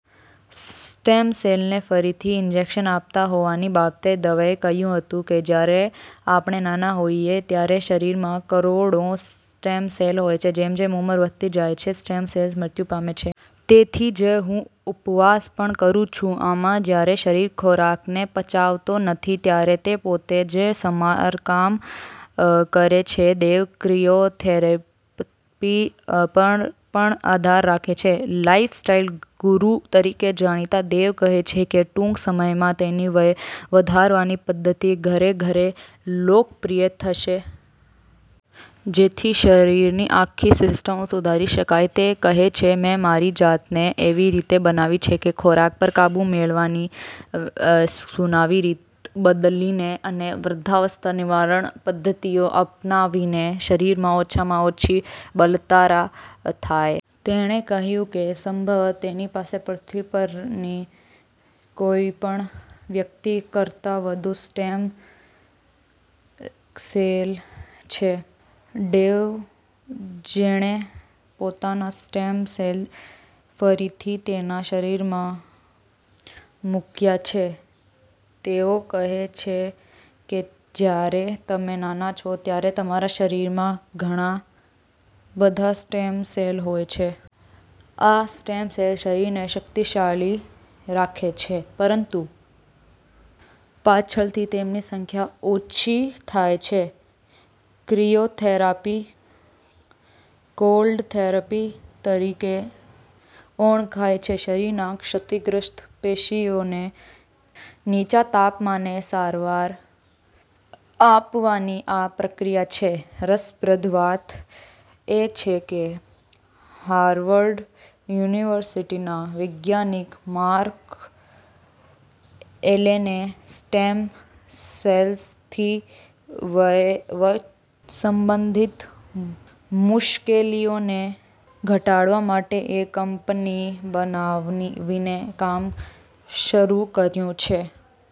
Stem સેલને ફરીથી injection આપતા હોવાની બાબતે દવેએ કહ્યું હતું કે, જ્યારે આપણે નાના હોઈએ ત્યારે શરીરમાં કરોડો સ્ટેમ સેલ હોય છે. જેમ જેમ ઉંમર વધતી જાય છે, સ્ટેમ સેલ્સ મૃત્યુ પામે છે. તેથી જ હું ઉપવાસ પણ કરું છું. આમાં જ્યારે શરીર ખોરાકને પચાવતો નથી ત્યારે તે પોતે જ સમારકામ કરે છે. ડેવ ક્રિઓથેરાપી પર પણ આધાર રાખે છે. લાઈફસ્ટાઈલ ગુરુ તરીકે જાણીતા ડેવ કહે છે કે, ટૂંક સમયમાં તેની વય વધારવાની પદ્ધતિ ઘરે ઘરે લોકપ્રિય થશે. જેથી શરીરની આખી સિસ્ટમ સુધારી શકાય. તે કહે છે, 'મેં મારી જાતને એવી રીતે બનાવી છે કે ખોરાક પર કાબુ મેળવીને, સૂવાની રીત બદલીને અને વૃદ્ધાવસ્થા નિવારણ પદ્ધતિઓ અપનાવીને શરીરમાં ઓછામાં ઓછી બળતરા થાય. તેણે કહ્યું કે સંભવત: તેની પાસે પૃથ્વી પરની કોઈપણ વ્યક્તિ કરતા વધુ સ્ટેમ સેલ છે. ડેવ, જેણે પોતાના સ્ટેમ સેલ ફરીથી તેના શરીરમાં મૂક્યા છે. તેઓ કહે છે કે જ્યારે તમે નાના છો, ત્યારે તમારા શરીરમાં ઘણા બધા સ્ટેમ સેલ હોય છે. આ સ્ટેમ સેલ શરીરને શક્તિશાળી રાખે છે. પરંતુ પાછળથી તેમની સંખ્યા ઓછી થાય છે. ક્રિઓથેરાપી કોલ્ડ થેરેપી તરીકે ઓળખાય છે. શરીરના ક્ષતિગ્રસ્ત પેશીઓને નીચા તાપમાને સારવાર આપવાની આ પ્રક્રિયા છે. રસપ્રદ વાત એ છે કે, હાર્વર્ડ યુનિવર્સિટીના વૈજ્ઞાનિક માર્ક એલેને સ્ટેમ સેલ્સથી વય સંબંધિત મુશ્કેલીઓને ઘટાડવા માટે એક કંપની બનાવીને કામ શરૂ કર્યું છે.